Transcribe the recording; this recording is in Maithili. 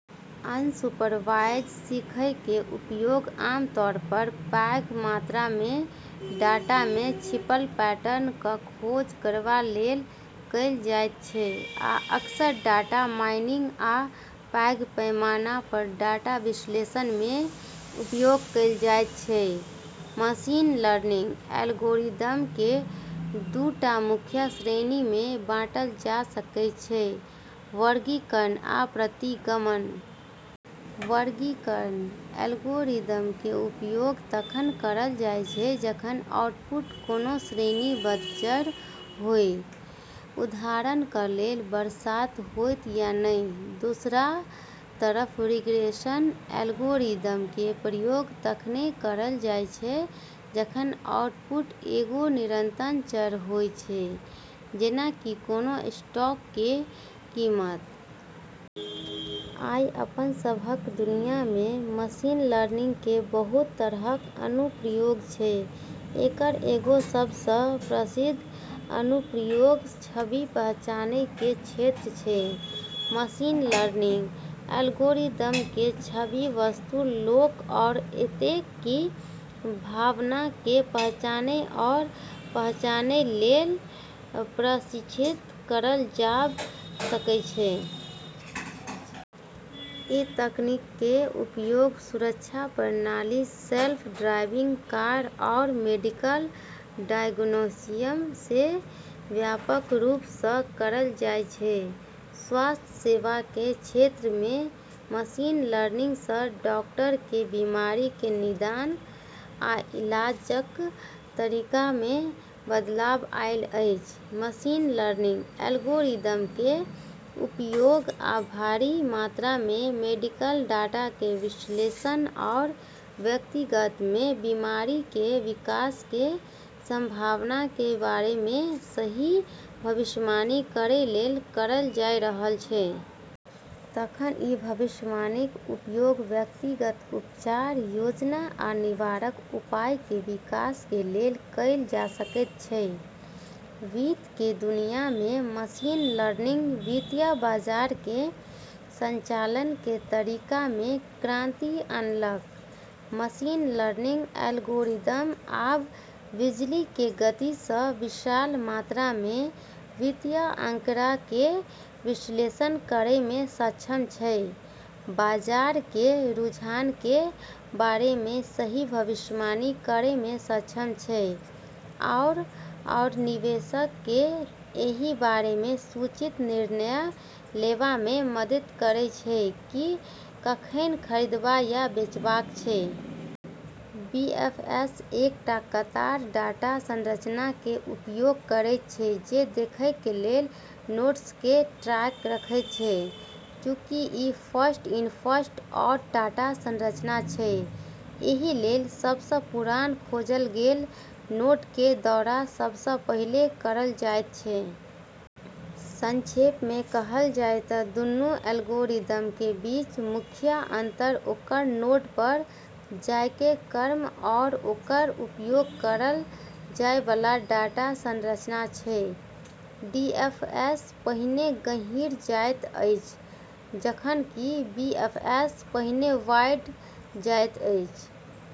अनसुपरवाइज सीखयके उपयोग आमतौर पर पैघ मात्रामे डाटामे छिपल पैटर्नक खोज करबा लेल कैल जायत छै, आ अक्सर डाटा माइनिंग आ पैघ पैमाना पर डाटा विश्लेषणमे उपयोग कैल जायत छै । मशीन लर्निंग एल्गोरिदमके दू टा मुख्य श्रेणीमे बांटल जा सकैत छै वर्गीकरण आ प्रतिगमन । वर्गीकरण एल्गोरिदमके उपयोग तखन करल जाय छै जखन आउटपुट कोनों श्रेणीबद्ध चर होइ, उदाहरणक लेल, बरसात होइत या नहि? दोसरा तरफ रिग्रेशन एल्गोरिदमके प्रयोग तखनिये करल जाय छै जखनि आउटपुट एगो निरंतर चर होइ छै, जेना कि कोनो स्टॉक केर कीमत। आइ अपन सबहक दुनियामे मशीन लर्निंग केर बहुत तरहक अनुप्रयोग छै। एकर एगो सबसँ प्रसिद्ध अनुप्रयोग छवि पहचानके क्षेत्रमे छै। मशीन लर्निंग एल्गोरिदमके छविमे वस्तु, लोक आओर एत' तक कि भावनाके पहचानै आओर पहचानै लेल प्रशिक्षित करल जाब सकै छै। ई तकनीकके उपयोग सुरक्षा प्रणाली, सेल्फ ड्राइविंग कार, आओर मेडिकल डायग्नोसिसमे व्यापक रूपसँ करल जाइ छै। स्वास्थ्य सेवाके क्षेत्रमे मशीन लर्निंगसँ डॉक्टरके बीमारीके निदान आ इलाजक तरीकामे बदलाव आयल अछि । मशीन लर्निंग एल्गोरिदमके उपयोग आब भारी मात्रामे मेडिकल डाटाके विश्लेषण आओर व्यक्तिमे बीमारीके विकासके संभावनाके बारेमे सही भविष्यवाणी करै लेल करल जाइ रहल छै। तखन ई भविष्यवाणीक उपयोग व्यक्तिगत उपचार योजना आ निवारक उपायके विकासके लेल कैल जा सकैत छै । वित्त केर दुनियामे मशीन लर्निंग वित्तीय बाजारके संचालनके तरीकामे क्रांति आनलक । मशीन लर्निंग एल्गोरिदम आब बिजलीके गतिसँ विशाल मात्रामे वित्तीय आंकड़ाके विश्लेषण करैमे सक्षम छै, बाजार केर रुझानके बारेमे सही भविष्यवाणी करैमे सक्षम छै आओर आरू निवेशकके एहि बारेमे सूचित निर्णय लेबामे मदति करै छै कि कखनि खरिदबा या बेछबाक छै। बीएफएस एकटा कतार डाटा संरचनाके उपयोग करैत छै, जे देखैके लेल नोड्सके ट्रैक रखैत छै । चूँकि ई फर्स्ट-इन, फर्स्ट-आउट डाटा संरचना छै, एहि लेल सबसँ पुरान खोजल गेल नोडके दौरा सबसँ पहिले करल जाइ छै। संक्षेपमे कहल जाइ त' दूनू एल्गोरिदमके बीच मुख्य अंतर ओकर नोड पर जाइके क्रम आओर ओकर उपयोग करल जाइबाला डाटा संरचना छै। डीएफएस पहिने गहींर जाइत अछि, जखन कि बीएफएस पहिने वाइड जाइत अछि ।